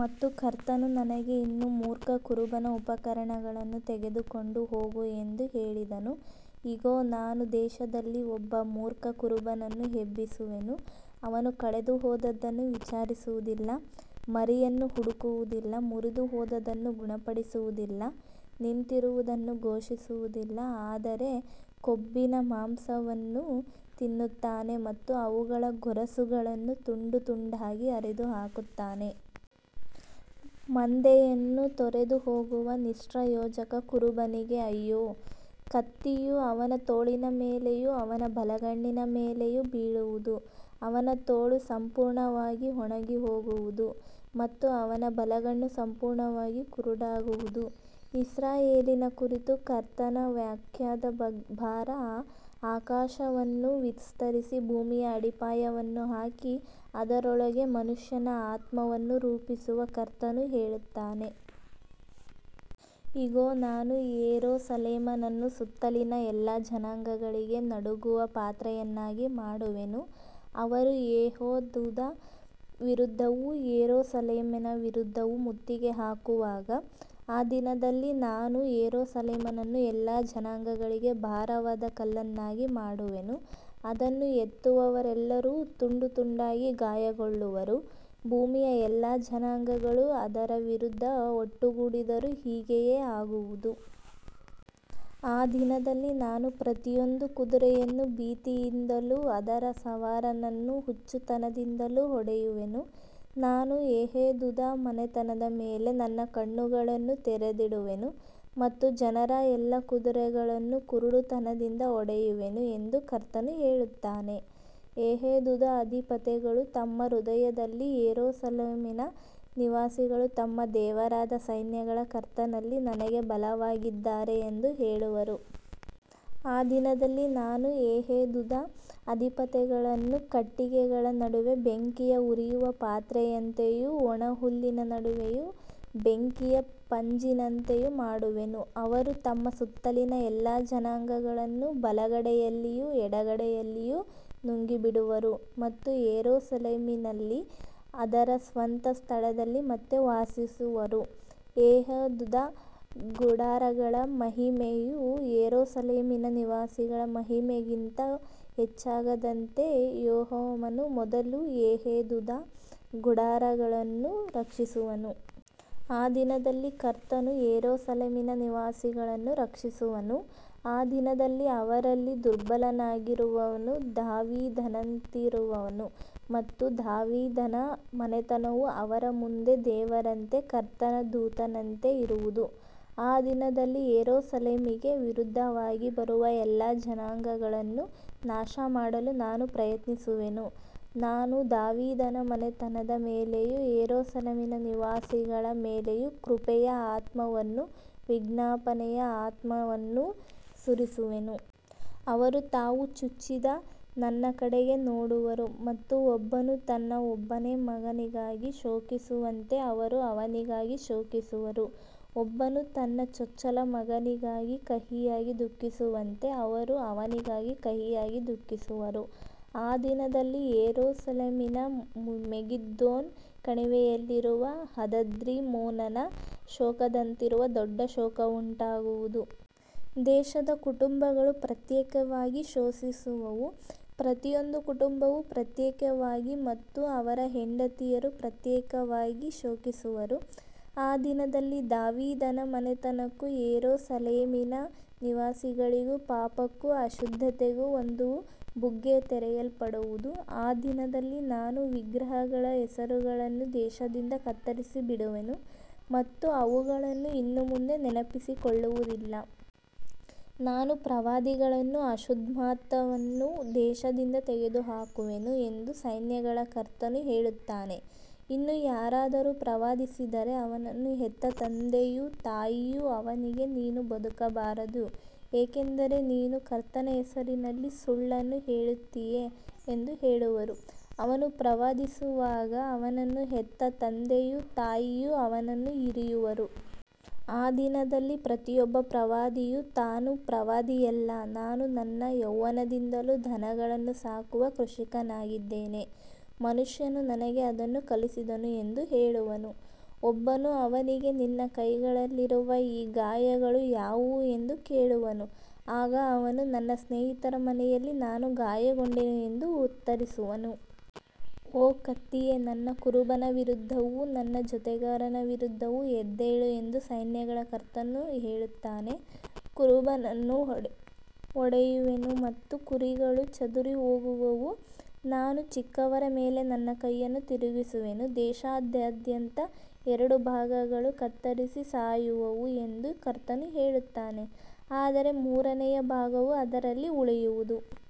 ಮತ್ತು ಕರ್ತನು ನನಗೆ ಇನ್ನೂ ಮೂರ್ಖ ಕುರುಬನ ಉಪಕರಣಗಳನ್ನು ತೆಗೆದುಕೊಂಡು ಹೋಗು ಎಂದು ಹೇಳಿದನು. ಇಗೋ, ನಾನು ದೇಶದಲ್ಲಿ ಒಬ್ಬ ಮೂರ್ಖ ಕುರುಬನನ್ನು ಎಬ್ಬಿಸುವೆನು. ಅವನು ಕಳೆದುಹೋದದ್ದನ್ನು ವಿಚಾರಿಸುವುದಿಲ್ಲ, ಮರಿಯನ್ನು ಹುಡುಕುವುದಿಲ್ಲ, ಮುರಿದುಹೋದದ್ದನ್ನು ಗುಣಪಡಿಸುವುದಿಲ್ಲ, ನಿಂತಿರುವುದನ್ನು ಪೋಷಿಸುವುದಿಲ್ಲ, ಆದರೆ ಕೊಬ್ಬಿದ ಮಾಂಸವನ್ನು ತಿನ್ನುತ್ತಾನೆ ಮತ್ತು ಅವುಗಳ ಗೊರಸುಗಳನ್ನು ತುಂಡು ತುಂಡಾಗಿ ಹರಿದುಹಾಕುತ್ತಾನೆ. ಮಂದೆಯನ್ನು ತೊರೆದುಹೋಗುವ ನಿಷ್ಪ್ರಯೋಜಕ ಕುರುಬನಿಗೆ ಅಯ್ಯೋ. ಕತ್ತಿಯು ಅವನ ತೋಳಿನ ಮೇಲೆಯೂ ಅವನ ಬಲಗಣ್ಣಿನ ಮೇಲೆಯೂ ಬೀಳುವುದು. ಅವನ ತೋಳು ಸಂಪೂರ್ಣವಾಗಿ ಒಣಗಿಹೋಗುವುದು ಮತ್ತು ಅವನ ಬಲಗಣ್ಣು ಸಂಪೂರ್ಣವಾಗಿ ಕುರುಡಾಗುವುದು. ಇಸ್ರಾಯೇಲಿನ ಕುರಿತು ಕರ್ತನ ವಾಕ್ಯದ ಭಾರ. ಆಕಾಶವನ್ನು ವಿಸ್ತರಿಸಿ, ಭೂಮಿಯ ಅಡಿಪಾಯವನ್ನು ಹಾಕಿ, ಅದರೊಳಗೆ ಮನುಷ್ಯನ ಆತ್ಮವನ್ನು ರೂಪಿಸುವ ಕರ್ತನು ಹೇಳುತ್ತಾನೆ. ಇಗೋ, ನಾನು ಯೆರೂಸಲೇಮನ್ನು ಸುತ್ತಲಿನ ಎಲ್ಲಾ ಜನಾಂಗಗಳಿಗೆ ನಡುಗುವ ಪಾತ್ರೆಯನ್ನಾಗಿ ಮಾಡುವೆನು, ಅವರು ಯೆಹೂದದ ವಿರುದ್ಧವೂ ಯೆರೂಸಲೇಮಿನ ವಿರುದ್ಧವೂ ಮುತ್ತಿಗೆ ಹಾಕುವಾಗ. ಆ ದಿನದಲ್ಲಿ ನಾನು ಯೆರೂಸಲೇಮನ್ನು ಎಲ್ಲಾ ಜನಾಂಗಗಳಿಗೆ ಭಾರವಾದ ಕಲ್ಲನ್ನಾಗಿ ಮಾಡುವೆನು. ಅದನ್ನು ಎತ್ತುವವರೆಲ್ಲರೂ ತುಂಡು ತುಂಡಾಗಿ ಗಾಯಗೊಳ್ಳುವರು. ಭೂಮಿಯ ಎಲ್ಲಾ ಜನಾಂಗಗಳು ಅದರ ವಿರುದ್ಧ ಒಟ್ಟುಗೂಡಿದರೂ ಹೀಗೆಯೇ ಆಗುವುದು. ಆ ದಿನದಲ್ಲಿ ನಾನು ಪ್ರತಿಯೊಂದು ಕುದುರೆಯನ್ನು ಭೀತಿಯಿಂದಲೂ ಅದರ ಸವಾರನನ್ನು ಹುಚ್ಚುತನದಿಂದಲೂ ಹೊಡೆಯುವೆನು. ನಾನು ಯೆಹೂದದ ಮನೆತನದ ಮೇಲೆ ನನ್ನ ಕಣ್ಣುಗಳನ್ನು ತೆರೆದಿಡುವೆನು ಮತ್ತು ಜನರ ಎಲ್ಲಾ ಕುದುರೆಗಳನ್ನು ಕುರುಡುತನದಿಂದ ಹೊಡೆಯುವೆನು ಎಂದು ಕರ್ತನು ಹೇಳುತ್ತಾನೆ. ಯೆಹೂದದ ಅಧಿಪತಿಗಳು ತಮ್ಮ ಹೃದಯದಲ್ಲಿ ಯೆರೂಸಲೇಮಿನ ನಿವಾಸಿಗಳು ತಮ್ಮ ದೇವರಾದ ಸೈನ್ಯಗಳ ಕರ್ತನಲ್ಲಿ ನನಗೆ ಬಲವಾಗಿದ್ದಾರೆ ಎಂದು ಹೇಳುವರು. ಆ ದಿನದಲ್ಲಿ ನಾನು ಯೆಹೂದದ ಅಧಿಪತಿಗಳನ್ನು ಕಟ್ಟಿಗೆಗಳ ನಡುವೆ ಬೆಂಕಿಯ ಉರಿಯುವ ಪಾತ್ರೆಯಂತೆಯೂ, ಒಣ ಹುಲ್ಲಿನ ನಡುವೆ ಬೆಂಕಿಯ ಪಂಜಿನಂತೆಯೂ ಮಾಡುವೆನು. ಅವರು ತಮ್ಮ ಸುತ್ತಲಿನ ಎಲ್ಲಾ ಜನಾಂಗಗಳನ್ನು ಬಲಗಡೆಯಲ್ಲಿಯೂ ಎಡಗಡೆಯಲ್ಲಿಯೂ ನುಂಗಿಬಿಡುವರು ಮತ್ತು ಯೆರೂಸಲೇಮಿನಲ್ಲಿ ಅದರ ಸ್ವಂತ ಸ್ಥಳದಲ್ಲಿ ಮತ್ತೆ ವಾಸಿಸುವರು. ಯೆಹೂದದ ಗುಡಾರಗಳ ಮಹಿಮೆಯು ಯೆರೂಸಲೇಮಿನ ನಿವಾಸಿಗಳ ಮಹಿಮೆಯಿಗಿಂತ ಹೆಚ್ಚಾಗದಂತೆ ಯೆಹೋವನು ಮೊದಲು ಯೆಹೂದದ ಗುಡಾರಗಳನ್ನು ರಕ್ಷಿಸುವನು. ಆ ದಿನದಲ್ಲಿ ಕರ್ತನು ಯೆರೂಸಲೇಮಿನ ನಿವಾಸಿಗಳನ್ನು ರಕ್ಷಿಸುವನು. ಆ ದಿನದಲ್ಲಿ ಅವರಲ್ಲಿ ದುರ್ಬಲನಾಗಿರುವವನು ದಾವೀದನಂತಿರುವನು ಮತ್ತು ದಾವೀದನ ಮನೆತನವು ಅವರ ಮುಂದೆ ದೇವರಂತೆ, ಕರ್ತನ ದೂತನಂತೆ ಇರುವುದು. ಆ ದಿನದಲ್ಲಿ ಯೆರೂಸಲೇಮಿಗೆ ವಿರುದ್ಧವಾಗಿ ಬರುವ ಎಲ್ಲಾ ಜನಾಂಗಗಳನ್ನು ನಾಶಮಾಡಲು ನಾನು ಪ್ರಯತ್ನಿಸುವೆನು. ನಾನು ದಾವೀದನ ಮನೆತನದ ಮೇಲೆಯೂ ಯೆರೂಸಲೇಮಿನ ನಿವಾಸಿಗಳ ಮೇಲೆಯೂ ಕೃಪೆಯ ಆತ್ಮವನ್ನೂ ವಿಜ್ಞಾಪನೆಯ ಆತ್ಮವನ್ನೂ ಸುರಿಸುವೆನು. ಅವರು ತಾವು ಚುಚ್ಚಿದ ನನ್ನ ಕಡೆಗೆ ನೋಡುವರು ಮತ್ತು ಒಬ್ಬನು ತನ್ನ ಒಬ್ಬನೇ ಮಗನಿಗಾಗಿ ಶೋಕಿಸುವಂತೆ ಅವರೂ ಅವನಿಗಾಗಿ ಶೋಕಿಸುವರು. ಒಬ್ಬನು ತನ್ನ ಚೊಚ್ಚಲ ಮಗನಿಗಾಗಿ ಕಹಿಯಾಗಿ ದುಃಖಿಸುವಂತೆ ಅವರು ಅವನಿಗಾಗಿ ಕಹಿಯಾಗಿ ದುಃಖಿಸುವರು. ಆ ದಿನದಲ್ಲಿ ಯೆರೂಸಲೇಮಿನಲ್ಲಿ ಮೆಗಿದ್ದೋನ್ ಕಣಿವೆಯಲ್ಲಿರುವ ಹದದ್ರಿಮ್ಮೋನನ ಶೋಕದಂತಿರುವ ದೊಡ್ಡ ಶೋಕವುಂಟಾಗುವುದು. ದೇಶದ ಕುಟುಂಬಗಳು ಪ್ರತ್ಯೇಕವಾಗಿ ಶೋಕಿಸುವವು, ಪ್ರತಿಯೊಂದು ಕುಟುಂಬವೂ ಪ್ರತ್ಯೇಕವಾಗಿ ಮತ್ತು ಅವರ ಹೆಂಡತಿಯರೂ ಪ್ರತ್ಯೇಕವಾಗಿ ಶೋಕಿಸುವರು. ಆ ದಿನದಲ್ಲಿ ದಾವೀದನ ಮನೆತನಕ್ಕೂ ಯೆರೂಸಲೇಮಿನ ನಿವಾಸಿಗಳಿಗೂ ಪಾಪಕ್ಕೂ ಅಶುದ್ಧತೆಗೂ ಒಂದು ಬುಗ್ಗೆ ತೆರೆಯಲ್ಪಡುವುದು. ಆ ದಿನದಲ್ಲಿ ನಾನು ವಿಗ್ರಹಗಳ ಹೆಸರುಗಳನ್ನು ದೇಶದಿಂದ ಕತ್ತರಿಸಿಬಿಡುವೆನು ಮತ್ತು ಅವುಗಳನ್ನು ಇನ್ನು ಮುಂದೆ ನೆನಪಿಸಿಕೊಳ್ಳುವುದಿಲ್ಲ. ನಾನು ಪ್ರವಾದಿಗಳನ್ನೂ ಅಶುದ್ಧಾತ್ಮವನ್ನೂ ದೇಶದಿಂದ ತೆಗೆದುಹಾಕುವೆನು ಎಂದು ಸೈನ್ಯಗಳ ಕರ್ತನು ಹೇಳುತ್ತಾನೆ. ಇನ್ನೂ ಯಾರಾದರೂ ಪ್ರವಾದಿಸಿದರೆ, ಅವನನ್ನು ಹೆತ್ತ ತಂದೆಯೂ ತಾಯಿಯೂ ಅವನಿಗೆ, ನೀನು ಬದುಕಬಾರದು, ಏಕೆಂದರೆ ನೀನು ಕರ್ತನ ಹೆಸರಿನಲ್ಲಿ ಸುಳ್ಳನ್ನು ಹೇಳುತ್ತೀಯೆ ಎಂದು ಹೇಳುವರು. ಅವನು ಪ್ರವಾದಿಸುವಾಗ ಅವನನ್ನು ಹೆತ್ತ ತಂದೆಯೂ ತಾಯಿಯೂ ಅವನನ್ನು ಇರಿಯುವರು. ಆ ದಿನದಲ್ಲಿ ಪ್ರತಿಯೊಬ್ಬ ಪ್ರವಾದಿಯೂ ತಾನು ಪ್ರವಾದಿಯಲ್ಲ, ನಾನು ನನ್ನ ಯೌವನದಿಂದಲೂ ದನಗಳನ್ನು ಸಾಕುವ ಕೃಷಿಕನಾಗಿದ್ದೇನೆ, ಮನುಷ್ಯನು ನನಗೆ ಅದನ್ನು ಕಲಿಸಿದನು ಎಂದು ಹೇಳುವನು. ಒಬ್ಬನು ಅವನಿಗೆ, ನಿನ್ನ ಕೈಗಳಲ್ಲಿರುವ ಈ ಗಾಯಗಳು ಯಾವುವು ಎಂದು ಕೇಳುವನು. ಆಗ ಅವನು, ನನ್ನ ಸ್ನೇಹಿತರ ಮನೆಯಲ್ಲಿ ನಾನು ಗಾಯಗೊಂಡೆನು ಎಂದು ಉತ್ತರಿಸುವನು. ಓ ಕತ್ತಿಯೇ, ನನ್ನ ಕುರುಬನ ವಿರುದ್ಧವೂ ನನ್ನ ಜೊತೆಗಾರನ ವಿರುದ್ಧವೂ ಎದ್ದೇಳು ಎಂದು ಸೈನ್ಯಗಳ ಕರ್ತನು ಹೇಳುತ್ತಾನೆ. ಕುರುಬನನ್ನು ಹೊಡೆಯುವೆನು ಮತ್ತು ಕುರಿಗಳು ಚದುರಿಹೋಗುವವು. ನಾನು ಚಿಕ್ಕವರ ಮೇಲೆ ನನ್ನ ಕೈಯನ್ನು ತಿರುಗಿಸುವೆನು. ದೇಶದಾದ್ಯಂತ ಎರಡು ಭಾಗಗಳು ಕತ್ತರಿಸಿ ಸಾಯುವವು ಎಂದು ಕರ್ತನು ಹೇಳುತ್ತಾನೆ, ಆದರೆ ಮೂರನೆಯ ಭಾಗವು ಅದರಲ್ಲಿ ಉಳಿಯುವುದು.